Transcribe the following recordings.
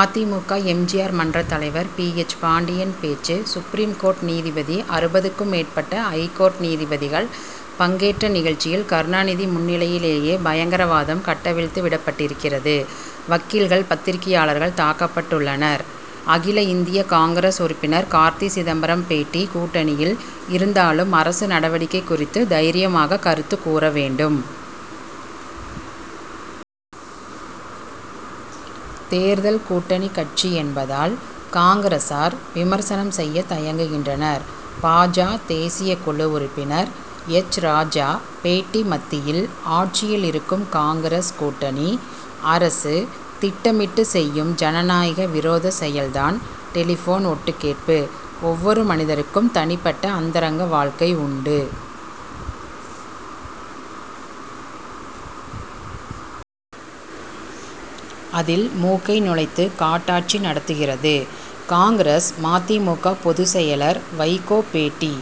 அ. தி. மு. க. எம். ஜி. ஆர். மன்றத் தலைவர் பி. எச். பாண்டியன் பேச்சு சுப்ரீம் கோர்ட் நீதிபதி அறுபதுக்கும் மேற்பட்ட ஐகோர்ட் நீதிபதிகள் பங்கேற்ற நிகழ்ச்சியில் கருணாநிதி முன்னிலையிலேயே பயங்கரவாதம் கட்டவிழ்த்து விடப்பட்டிருக்கிறது. வக்கீல்கள் பத்திரிகையாளர்கள் தாக்கப்பட்டுள்ளனர். அகில இந்திய காங்கிரஸ் உறுப்பினர் கார்த்தி சிதம்பரம் பேட்டி கூட்டணியில் இருந்தாலும் அரசு நடவடிக்கை குறித்து தைரியமாக கருத்து கூறவேண்டும். தேர்தல் கூட்டணி கட்சி என்பதால் காங்கிரசார் விமர்சனம் செய்ய தயங்குகின்றனர். பா. ஜ. தேசியக்குழு உறுப்பினர் எச். ராஜா பேட்டி மத்தியில் ஆட்சியில் இருக்கும் காங்கிரஸ் கூட்டணி அரசு திட்டமிட்டுச் செய்யும் ஜனநாயக விரோதச் செயல் தான் டெலிபோன் ஒட்டுக்கேட்பு. ஒவ்வொரு மனிதருக்கும் தனிப்பட்ட அந்தரங்க வாழ்க்கை உண்டு. அதில் மூக்கை நுழைத்து காட்டாட்சி நடத்துகிறது காங்கிரஸ். ம. தி. மு. க. பொதுச் செயலர் வைகோ பேட்டி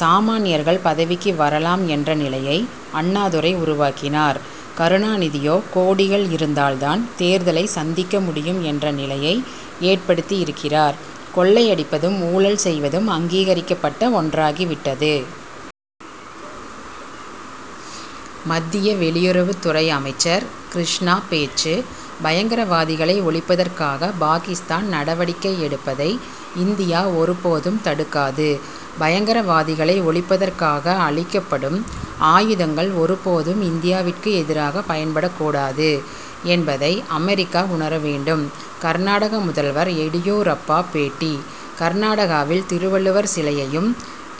சாமான்யர்கள் பதவிக்கு வரலாம் என்ற நிலையை அண்ணாதுரை உருவாக்கினார். கருணாநிதியோ கோடிகள் இருந்தால் தான் தேர்தலைச் சந்திக்க முடியும் என்ற நிலையை ஏற்படுத்தியிருக்கிறார். கொள்ளையடிப்பதும் ஊழல் செய்வதும் அங்கீகரிக்கப்பட்ட ஒன்றாகி விட்டது. மத்திய வெளியுறவுத் துறை அமைச்சர் கிருஷ்ணா பேச்சு பயங்கரவாதிகளை ஒழிப்பதற்காக பாகிஸ்தான் நடவடிக்கை எடுப்பதை இந்தியா ஒரு போதும் தடுக்காது. பயங்கரவாதிகளை ஒழிப்பதற்காக அளிக்கப்படும் ஆயுதங்கள் ஒரு போதும் இந்தியாவிற்கு எதிராக பயன்படக்கூடாது என்பதை அமெரிக்கா உணர வேண்டும். கர்நாடக முதல்வர் எடியூரப்பா பேட்டி கர்நாடகாவில் திருவள்ளுவர் சிலையையும்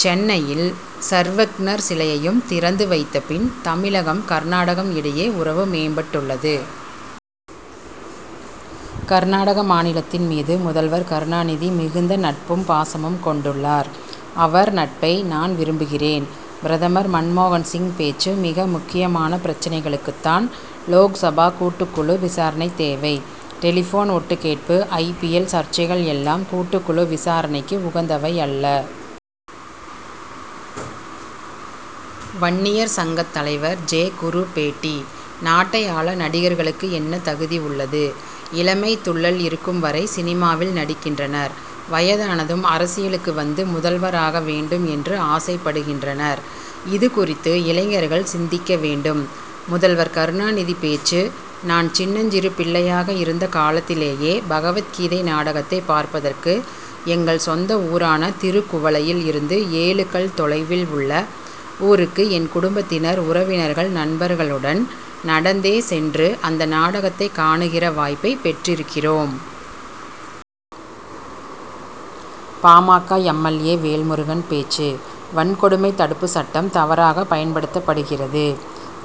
சென்னையில் சர்வக்ஞர் சிலையையும் திறந்து வைத்த பின் தமிழகம் கர்நாடகம் இடையே உறவு மேம்பட்டுள்ளது. கர்நாடக மாநிலத்தின் மீது முதல்வர் கருணாநிதி மிகுந்த நட்பும் பாசமும் கொண்டுள்ளார். அவர் நட்பை நான் விரும்புகிறேன். பிரதமர் மன்மோகன் சிங் பேச்சு மிக முக்கியமான பிரச்னைகளுக்குத்தான் லோக்சபா கூட்டுக் குழு விசாரணை தேவை. டெலிபோன் ஒட்டுக் கேட்பு ஐ. பி. எல். சர்ச்சைகள் எல்லாம் கூட்டுக் குழு விசாரணைக்கு உகந்தவை அல்ல. வன்னியர் சங்கத் தலைவர் ஜெ. குரு பேட்டி நாட்டை ஆள நடிகர்களுக்கு என்ன தகுதி உள்ளது? இளமைத் துள்ளல் இருக்கும் வரை சினிமாவில் நடிக்கின்றனர். வயதானதும் அரசியலுக்கு வந்து முதல்வராக வேண்டும் என்று ஆசைப்படுகின்றனர். இது குறித்து இளைஞர்கள் சிந்திக்க வேண்டும். முதல்வர் கருணாநிதி பேச்சு நான் சின்னஞ்சிறு பிள்ளையாக இருந்த காலத்திலேயே பகவத் கீதை நாடகத்தை பார்ப்பதற்கு எங்கள் சொந்த ஊரான திருக்குவளையில் இருந்து ஏழு கல் தொலைவில் உள்ள ஊருக்கு என் குடும்பத்தினர் உறவினர்கள் நண்பர்களுடன் நடந்தே சென்று அந்த நாடகத்தை காணுகிற வாய்ப்பைப் பெற்றிருக்கிறோம். பா. ம. க. எம். எல். ஏ. வேல்முருகன் பேச்சு வன்கொடுமை தடுப்புச் சட்டம் தவறாக பயன்படுத்தப்படுகிறது.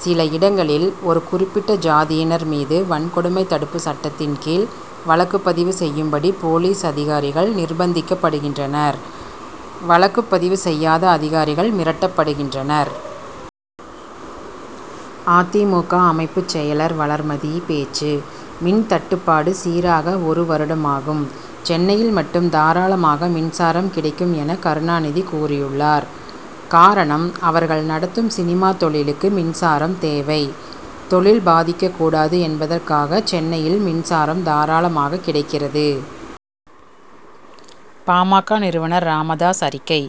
சில இடங்களில் ஒரு குறிப்பிட்ட ஜாதியினர் மீது வன்கொடுமை தடுப்பு சட்டத்தின் கீழ் வழக்கு பதிவு செய்யும்படி போலீஸ் அதிகாரிகள் நிர்பந்திக்கப்படுகின்றனர். வழக்கு பதிவு செய்யாத அதிகாரிகள் மிரட்டப்படுகின்றனர். அ. தி. மு. க. அமைப்புச் செயலர் வளர்மதி பேச்சு மின் தட்டுப்பாடு சீராக ஒரு வருடமாகும் சென்னையில் மட்டும் தாராளமாக மின்சாரம் கிடைக்கும் என கருணாநிதி கூறியுள்ளார். காரணம் அவர்கள் நடத்தும் சினிமா தொழிலுக்கு மின்சாரம் தேவை. தொழில் பாதிக்கக்கூடாது என்பதற்காக சென்னையில் மின்சாரம் தாராளமாகக் கிடைக்கிறது. பா. ம. க. நிறுவனர் ராமதாஸ் அறிக்கை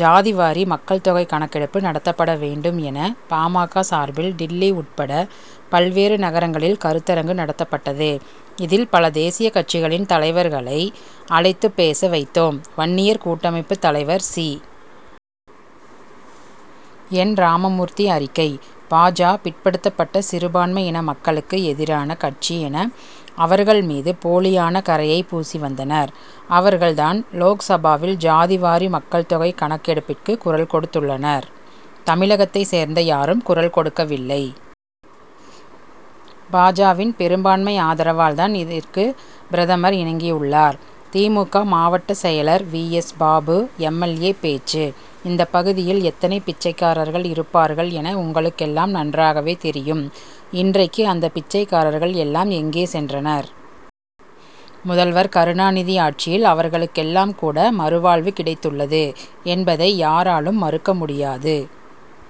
ஜாதி வாரி மக்கள் தொகை கணக்கெடுப்பு நடத்தப்பட வேண்டும் என பா. ம. க. சார்பில் டில்லி உட்பட பல்வேறு நகரங்களில் கருத்தரங்கு நடத்தப்பட்டது. இதில் பல தேசிய கட்சிகளின் தலைவர்களை அழைத்து பேச வைத்தோம். வன்னியர் கூட்டமைப்புத் தலைவர் சி. என். ராமமூர்த்தி அறிக்கை பா. ஜ. பிற்படுத்தப்பட்ட சிறுபான்மை இன மக்களுக்கு எதிரான கட்சி என அவர்கள் மீது போலியான கறையை பூசி வந்தனர். அவர்கள் தான் லோக்சபாவில் ஜாதி வாரி மக்கள் தொகை கணக்கெடுப்பிற்கு குரல் கொடுத்துள்ளனர். தமிழகத்தைச் சேர்ந்த யாரும் குரல் கொடுக்கவில்லை. பா. ஜ.வின் பெரும்பான்மை ஆதரவால் தான் இதற்கு பிரதமர் இணங்கியுள்ளார். தி. மு. க. மாவட்ட செயலர் V. S. Babu M. L. A. பேச்சு இந்தப் பகுதியில் எத்தனை பிச்சைக்காரர்கள் இருப்பார்கள் என உங்களுக்கெல்லாம் நன்றாகவே தெரியும். இன்றைக்கு அந்த பிச்சைக்காரர்கள் எல்லாம் எங்கே சென்றனர். முதல்வர் கருணாநிதி ஆட்சியில் அவர்களுக்கெல்லாம் கூட மறுவாழ்வு கிடைத்துள்ளது என்பதை யாராலும் மறுக்க முடியாது.